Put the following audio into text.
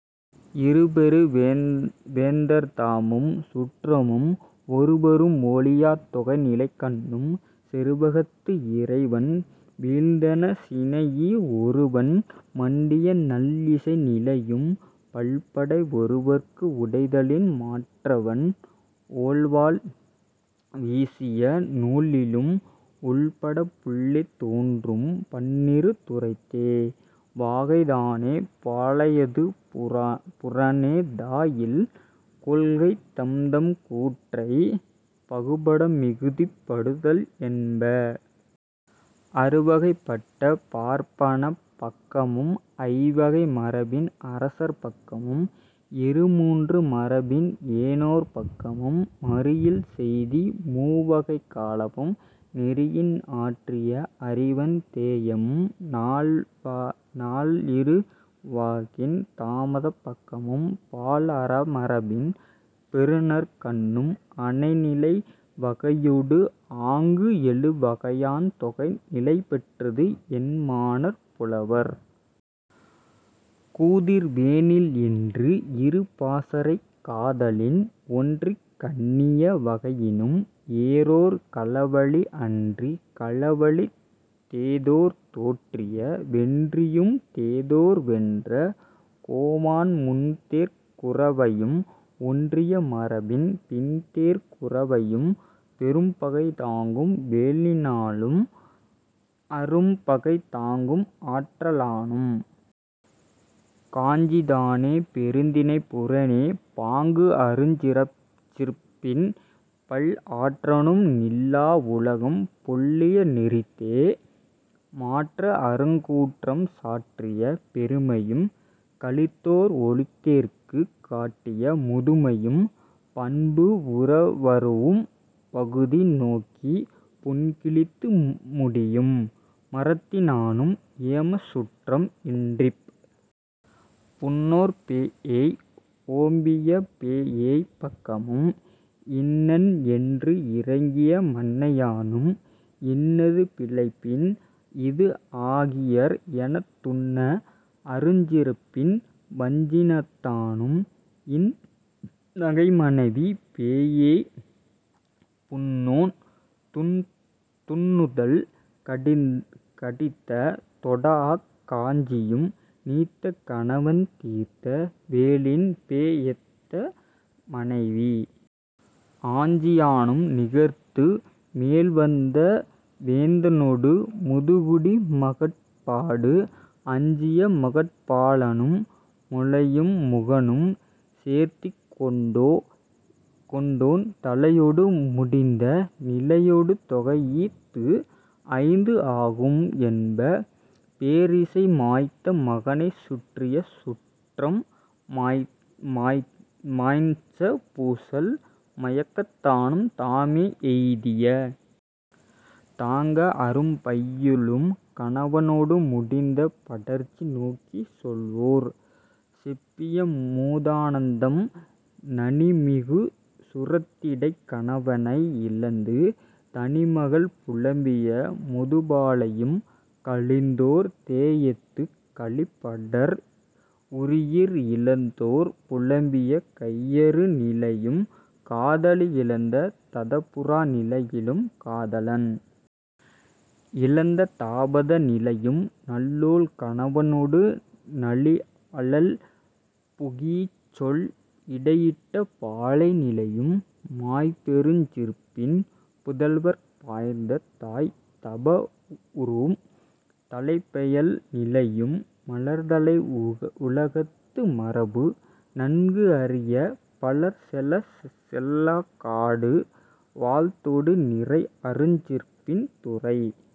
இரு பெரு வேந்தர்தாமும் சுற்றமும் ஒருவரும் ஒழியாத் தொகைநிலைக்கண்ணும் செருவகத்து இறைவன் வீழ்ந்தென சினைஇ ஒருவன் மண்டிய நல் இசை நிலையும் பல் படை ஒருவற்கு உடைதலின் மாற்றவன் ஒள் வாள் வீசிய நூழிலும் உள்ளப்படப் புல்லித் தோன்றும் பன்னிரு துறைத்தே. வாகைதானே பாலையது புறனே தா இல் கொள்கைத் தம்தம் கூற்றைப் பகுபட மிகுதிப் படுத்தல் என்ப. அறு வகைப் பட்ட பார்ப்பனப் பக்கமும் ஐ வகை மரபின் அரசர் பக்கமும் இரு மூன்று மரபின் ஏனோர் பக்கமும் மறு இல் செய்தி மூ வகைக் காலமும் நெறியின் ஆற்றிய அறிவன் தேயமும் நால் இரு வழக்கின் தாபதப் பக்கமும் பால் அற மரபின் பெருநர்கண்ணும் அனை நிலை வகையொடு ஆங்கு எழு வகையான் தொகை நிலைபெற்றது என்மனார் புலவர். கூதிர் வேனில் என்று இரு பாசறைக் காதலின் ஒன்றிக் கண்ணிய வகையினும் ஏரோர் களவழி அன்றி களவழித் தேதோர் தோற்றிய வென்றியும் தேதோர் வென்ற கோமான் முன்தேர்க் குரவையும் ஒன்றிய மரபின் பின்தேர்க் குரவையும் பெரும் பகை தாங்கும் வேலினானும் அரும் பகை தாங்கும் ஆற்றலானும் காஞ்சிதானே பெருந்திணைப் புறனே பாங்கு அருஞ் சிறப்பின் பல் ஆற்றானும் நில்லா உலகம் புல்லிய நெறித்தே. மாற்ற அருங் கூற்றம் சாற்றிய பெருமையும் கழித்தோர் ஒழிந்தேர்க்குக் காட்டிய முதுமையும் பண்பு உற வரூஉம் பகுதி நோக்கிப் புண் கிழித்து முடியும் மறத்தினானும் ஏமச் சுற்றம் இன்றிப் புண்ணோற் பேஎய் ஓம்பிய பேஎய்ப் பக்கமும் இன்னன் என்று இரங்கிய மன்னையானும் இன்னது பிழைப்பின் இது ஆகியர் எனத் துன்ன அருஞ் சிறப்பின் வஞ்சினத்தானும் இன் நகை மனைவி பேஎய் புண்ணோன் துன்னுதல் கடித்த தொடாஅக் காஞ்சியும் நீத்த கணவன் தீர்த்த வேலின் பேஎத்த மனைவி ஆஞ்சியானும் நிகர்த்து மேல் வந்த வேந்தனொடு முதுகுடி மகட்பாடு அஞ்சிய மகட்பாலானும் முலையும் முகனும் சேர்த்திக் கொண்டோ ன் தலையொடு முடிந்த நிலையொடு தொகைஇ ஈர் ஐந்து ஆகும் என்ப பேர் இசை மாய்ந்த மகனைச் சுற்றிய சுற்றம் மாய்ந்த பூசல் மயக்கத்தானும் தாமே எய்திய தாங்க அரும் பையுளும் கணவனொடு முடிந்த படர்ச்சி நோக்கிச் செல்வோர் செப்பிய மூதானந்தம் நனி மிகு சுரத்திடைக் கணவனை இழந்து தனி மகள் புலம்பிய முதுபாலையும் கழிந்தோர் தேஎத்துக் கழி படர் உறீஇ இழந்தோர் புலம்பிய கையறு நிலையும் காதலி இழந்த ததாபுர நிலையிலும் காதலன் இழந்த தாபத நிலையும் நல்லோள் கணவனொடு நளி அழல் புகீஇச் சொல் இடையிட்ட பாலை நிலையும் மாய் பெருஞ் சிறப்பின் புதல்வற் பாய்ந்த தாய் தப வரூஉம் தலைப்பெயல் நிலையும் மலர் தலை உலகத்து மரபு நன்கு அறியப் பலர் செலச் செல்லாக் காடு வாழ்த்தொடு நிறை அருஞ் சிறப்பின் துறை